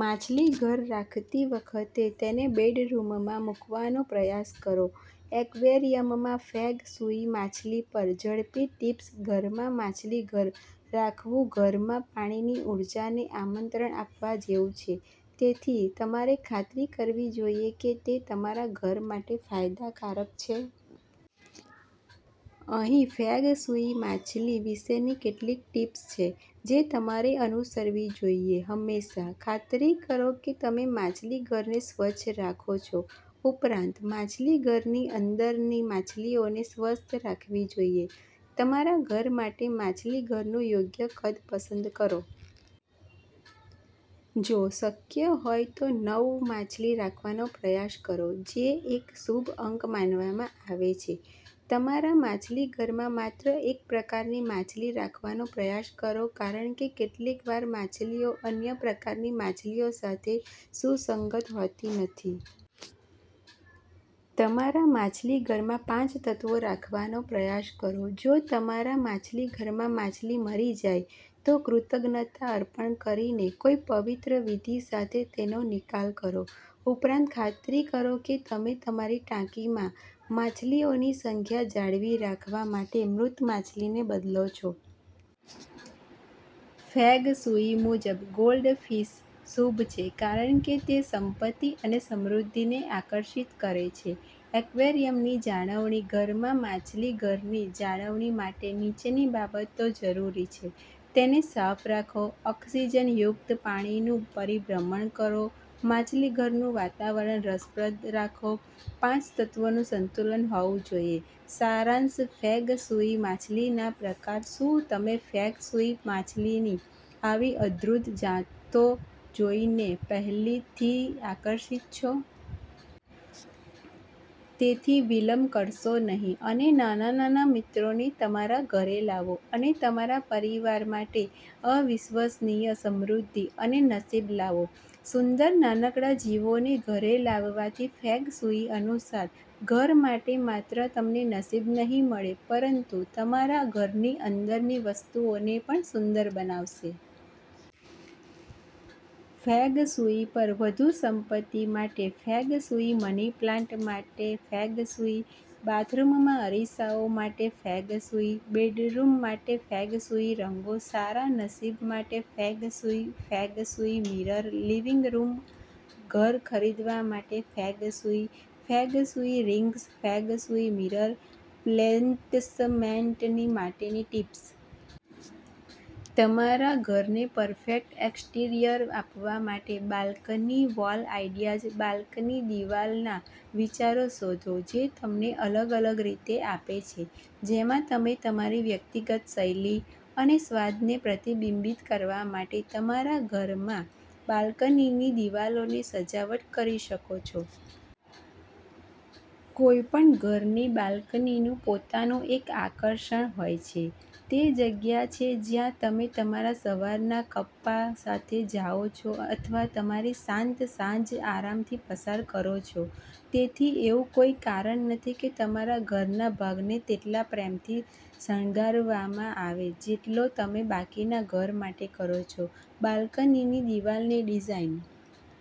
માછલીઘર રાખતી વખતે, તેને બેડરૂમમાંમૂકવાનો પ્રયાસ કરો. એક્વેરિયમમાં ફેંગ શુઇ માછલી પર ઝડપી ટિપ્સ ઘરમાં માછલીઘર રાખવુંઘરમાં પાણીની ઊર્જાને આમંત્રણ આપવા જેવું છે. તેથી તમારે ખાતરી કરવી જોઈએ કે તે તમારા ઘર માટે ફાયદાકારક છે. અહીં ફેંગ શુઇ માછલી વિશેની કેટલીક ટીપ્સ છે જે તમારે અનુસરવી જોઈએહંમેશા ખાતરી કરો કે તમે માછલીઘરને સ્વચ્છ રાખો છો. ઉપરાંત, માછલીઘરની અંદરની માછલીઓને સ્વસ્થ રાખવી જોઈએ. તમારા ઘર માટે માછલીઘરનું યોગ્ય કદ પસંદ કરો. જો શક્ય હોય તો, નવ માછલી રાખવાનો પ્રયાસ કરો, જે એક શુભ અંક માનવામાં આવે છે. તમારા માછલીઘરમાં માત્ર એકપ્રકારની માછલી રાખવાનો પ્રયાસ કરો કારણ કે કેટલીકવાર માછલીઓ અન્ય પ્રકારની માછલીઓ સાથે સુસંગત હોતી નથી. તમારા માછલીઘરમાં પાંચ તત્વો રાખવાનો પ્રયાસ કરો. જો તમારા માછલીઘરમાં માછલી મરી જાય, તો કૃતજ્ઞતા અર્પણ કરીને કોઈ પવિત્ર વિધિ સાથે તેનો નિકાલ કરો. ઉપરાંત, ખાતરી કરો કે તમે તમારી ટાંકીમાં માછલીઓની સંખ્યા જાળવી રાખવા માટે મૃત માછલીને બદલો છો. ફેંગ શુઇ મુજબ, ગોલ્ડફિશ શુભ છે કારણ કે તે સંપત્તિ અને સમૃદ્ધિને આકર્ષિત કરે છે. એક્વેરિયમની જાળવણી ઘરમાં માછલીઘરની જાળવણી માટે નીચેની બાબતો જરૂરી છે. તેને સાફ રાખો ઓક્સિજનયુક્ત પાણીનું પરિભ્રમણ કરો માછલીઘરનું વાતાવરણ રસપ્રદ રાખો પાંચ તત્વોનું સંતુલન હોવું જોઈએ સારાંશફેંગ શુઇ માછલીના પ્રકાર શું તમે ફેંગ શુઇ માછલીની આવી અદ્ભરુત જાતો જોઈને પહેલેથીઆકર્ષિત છો? તેથી, વિલંબ કરશો નહીં અને નાના નાના મિત્રોને તમારા ઘરે લાવો અને તમારા પરિવાર માટે અવિશ્વસનીય સમૃદ્ધિ અને નસીબ લાવો. સુંદર નાનકડા જીવોને ઘરે લાવવાથી ફેંગશુઈ અનુસાર ઘર માટે માત્ર તમને નસીબનહીં મળે પરંતુ તમારા ઘરની અંદરની વસ્તુઓને પણ સુંદર બનાવશે. ફેંગ શુઇ પર વધુ સંપત્તિ માટે ફેંગ શુઇ મની પ્લાન્ટ માટે ફેંગ શુઇ બાથરૂમમાં અરીસાઓ માટે ફેંગ શુઇ બેડરૂમ માટે ફેંગ શુઇ રંગો સારા નસીબ માટે feng shui feng shui mirror living room ઘર ખરીદવા માટે feng shui feng shui rings feng shui mirror placement માટેની ટિપ્સ.. તમારા ઘરને પરફેક્ટ એક્સટીરિયર આપવા માટે બાલ્કની વોલ આઈડિયાઝ બાલ્કની દિવાલના વિચારો શોધો જે તમને અલગ અલગ રીતે આપે છે જેમાં તમે તમારી વ્યક્તિગત શૈલી અને સ્વાદને પ્રતિબિંબિત કરવા માટે તમારા ઘરમાં બાલ્કનીની દિવાલોને સજાવટ કરી શકો છો. કોઈપણ ઘરની બાલ્કનીનું પોતાનું એક આકર્ષણ હોય છે. તે જગ્યા છે જ્યાં તમે તમારા સવારના કપા સાથે જાઓ છો અથવા તમારી શાંત સાંજ આરામથી પસાર કરો છો. તેથી, એવું કોઈ કારણ નથી કે તમારા ઘરનાભાગને તેટલા પ્રેમથી શણગારવામાંઆવે જેટલો તમે બાકીના ઘર માટે કરો છો. બાલ્કનીની દિવાલની ડિઝાઇન